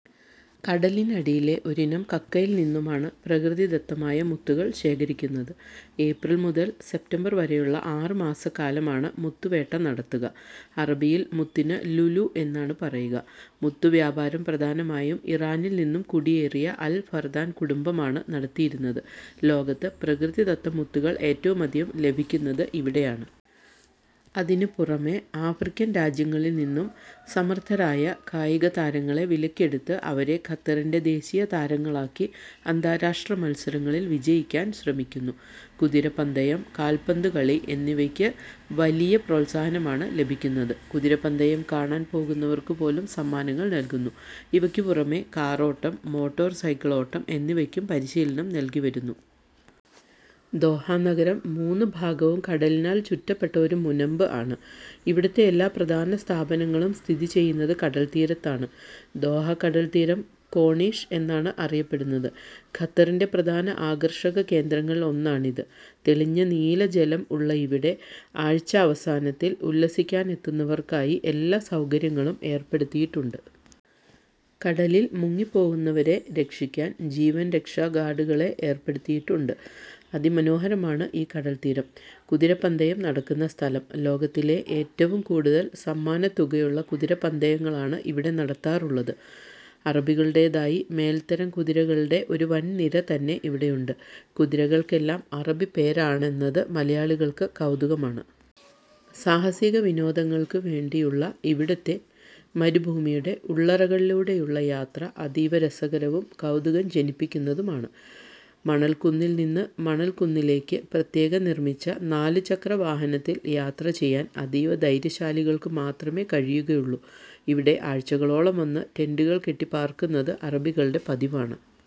കടലിന്നടിയിലെ ഒരിനം കക്കയിൽ നിന്നുമാണ് പ്രകൃതി ദത്തമായ മുത്തുകൾ ശേഖരിക്കുന്നത്. ഏപ്രിൽ മുതൽ സെപ്റ്റംബർ വരെയുള്ള ആറു മാസക്കാലമാണ് മുത്തു വേട്ട നടത്തുക. അറബിയിൽ മുത്തിനു ലുലു എന്നാണ് പറയുക. മുത്തു വ്യാപാരം പ്രധാനമായും ഇറാനിൽ നിന്നും കുടിയേറിയ അൽ ഫർദാൻ കുടുംബമാണ് നടത്തിയിരുന്നതു. ലോകത്ത് പ്രകൃതിദത്ത മുത്തുകൾ ഏറ്റവുമധികം ലഭിക്കുന്നത് ഇവിടെയാണ്. അതിനു പുറമെ ആഫ്രിക്കൻ രാജ്യങ്ങളിൽ നിന്നും സമർത്ഥരായ കായിക താരങ്ങളെ വിലക്കെടുത്ത് അവരെ ഖത്തറിന്റെ ദേശീയ താരങ്ങളാക്കി അന്താരാഷ്ട്രാ മൽസരങ്ങളിൽ വിജയിക്കാൻ ശ്രമിക്കുന്നു. കുതിരപ്പന്തയം, കാല്പന്തു കളി എന്നൈവക്ക് വലിയ പ്രോൽസാഹനമാണ് ലഭിക്കുന്നത്. കുതിരപ്പന്തയം കാണാൻ പോകുന്നവർക്കു പോലും സമ്മാനങ്ങൾ നൽകുന്നു. ഇവക്കു പുറമെ കാറോട്ടം, മോട്ടോർ സൈക്കിൾ ഓട്ടം എന്നിവക്കും പരിശീലനം നൽകി വരുന്നു. ദോഹ നഗരം മൂന്നുഭാഗവും കടലിനാൽ ചുറ്റപ്പെട്ട ഒരു മുനമ്പ് ആണു. ഇവിടുത്തെ എല്ലാ പ്രധാന സ്ഥാപനങ്ങളും സ്ഥിതിചെയ്യുന്നത് കടൽത്തീരത്താണ്. ദോഹ കടൽ തീരം കോണീഷ് എന്നാണു അറിയപ്പെടുന്നതു. ഖത്തറിന്റെ പ്രധാന ആകർഷക കേന്ദ്രങ്ങളിലൊന്നാണിത്. തെളിഞ്ഞ നീല ജലം ഉള്ള ഇവിടെ ആഴ്ചാവസാനത്തിൽ ഉല്ലസിക്കാനെത്തുന്നവർക്കായി എല്ലാ സൗകര്യങ്ങളും ഏർപ്പെടുത്തിയിട്ടുണ്ട്. കടലിൽ മുങ്ങിപ്പോകുന്നവരെ രക്ഷിക്കാൻ ജീവൻ രക്ഷാ ഗ്വാർഡുകളെ ഏർപ്പെടുത്തിയിട്ടുണ്ട്. അതി മനോഹരമാണു ഈ കടൽത്തീരം. കുതിരപ്പന്തയം നടക്കുന്ന സ്ഥലം. ലോകത്തിലെ ഏറ്റവും കൂടുതൽ സമ്മാനത്തുകയുള്ള കുതിരപ്പന്തയങ്ങളാണു ഇവിടെ നടത്താറുള്ളതു. അറബികളുടെതായി മേൽത്തരം കുതിരകളുടെ ഒരു വൻ നിര തന്നെ ഇവിടെയുണ്ട്. കുതിരകൾക്കെല്ലാം അറബിപ്പേരാണെന്നതു മലയാളികൾക്കു കൗതുകമാണു. സാഹസിക വിനോദങ്ങൾക്കു വേണ്ടിയുള്ള ഇവിടുത്തെ മരുഭൂമിയുടെ ഉള്ളറകളിലൂടെയുള്ള യാത്ര അതീവ രസകരവും കൗതുകം ജനിപ്പിക്കുന്നതുമാണു. മണൽക്കുന്നിൽ നിന്നും മണൽ കുന്നിലേക്ക് പ്രത്യേകം നിർമ്മിച്ച നാലു ചക്ര വഹനത്തിൽ യാത്ര ചെയ്യാൻ അതീവ ധൈര്യശാലികൾക്കു മാത്രമെ കഴിയുകയുള്ളു. ഇവിടെ ആഴ്ചകളോളം വന്ന് ടെന്റുകൾ കെട്ടി പർക്കുന്നത് അറബികളുടെ പതിവാണു.